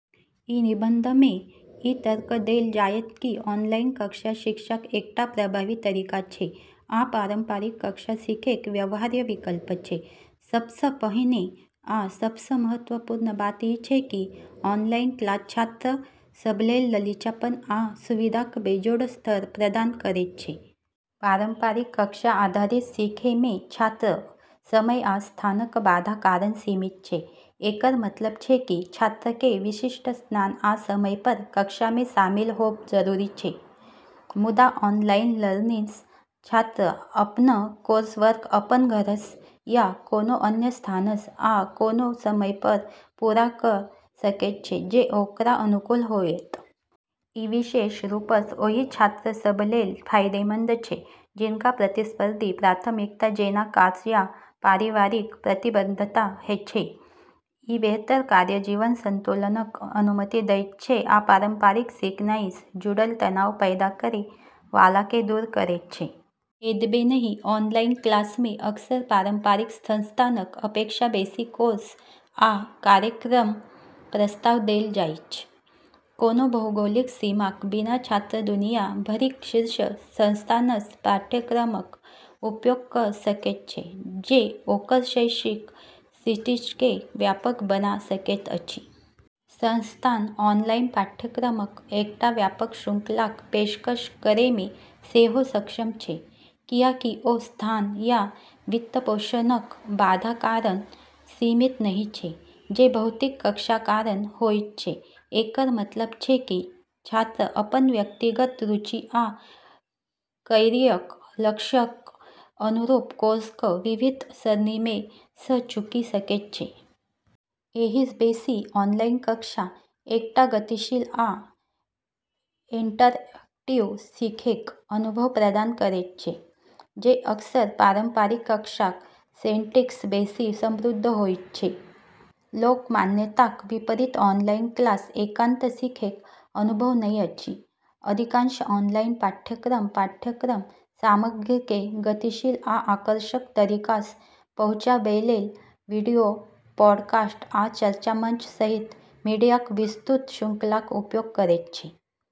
ई निबंधमे ई तर्क देल जायत कि ऑनलाइन कक्षा शिक्षाक एकटा प्रभावी तरीका छै आ पारंपरिक कक्षा सीखैक व्यवहार्य विकल्प छै। सबसँ पहिने आ सबसँ महत्वपूर्ण बात ई छै कि ऑनलाइन क्लास छात्र सभलेल लचीलापन आ सुविधाक बेजोड़ स्तर प्रदान करैत छै। पारंपरिक कक्षा आधारित सीखैमे छात्र समय आ स्थानक बाधा कारण सीमित छै। एकर मतलब छै कि छात्रकेँ विशिष्ट स्थान आ समयपर कक्षामे शामिल होबऽ जरूरी छै। मुदा, ऑनलाइन लर्निंगसँ छात्र अपन कोर्सवर्क अपन घरसँ, या कोनो अन्य स्थानसँ आ कोनो समयपर पूरा कऽ सकैत छै जे ओकरा अनुकूल होयत। ई विशेष रूपसँ ओहि छात्र सभलेल फायदेमंद छै जिनका प्रतिस्पर्धी प्राथमिकता जेना काज या पारिवारिक प्रतिबद्धता छै। ई बेहतर कार्य-जीवन संतुलनक अनुमति दैत छै आ पारंपरिक सीखनाइसँ जुड़ल तनाव पैदा करै वालाकेँ दूर करैत छै। एतबे नहि, ऑनलाइन क्लासमे अक्सर पारंपरिक संस्थानक अपेक्षा बेसि कोर्स आ कार्यक्रमक प्रस्ताव देल जाइछ। कोनो भौगोलिक सीमाक बिना छात्र दुनिया भरिक शीर्ष संस्थानसँ पाठ्यक्रमक उपयोग कऽ सकैत छै, जे ओकर शैक्षिक क्षितिजकेँ व्यापक बना सकैत अछि। संस्थान ऑनलाइन पाठ्यक्रमक एकटा व्यापक श्रृंखलाक पेशकश करैमे सेहो सक्षम छै, कियाकि ओ स्थान या वित्तपोषणक बाधा कारण सीमित नहि छै जे भौतिक कक्षा कारण होइत छै। एकर मतलब छै कि छात्र अपन व्यक्तिगत रुचि आ कैरियरक लक्ष्यक अनुरूप कोर्सक विविध सरणीमे सँ चुनि सकैत छै। एहिसँ बेसि, ऑनलाइन कक्षा एकटा गतिशील आ इंटरैक्टिव सीखैक अनुभव प्रदान करैत छै जे अक्सर पारंपरिक कक्षाक सेटिंगसँ बेसि समृद्ध होइत छै। लोक मान्यताक विपरीत ऑनलाइन क्लास एकांत सीखैक अनुभव नहि अछि। अधिकांश ऑनलाइन पाठ्यक्रम पाठ्यक्रम सामग्रीकेँ गतिशील आ आकर्षक तरीकासँ पहुँचाबैलेल वीडियो, पॉडकास्ट, आ चर्चा मंच सहित मीडियाक विस्तृत श्रृंखलाक उपयोग करैत छै।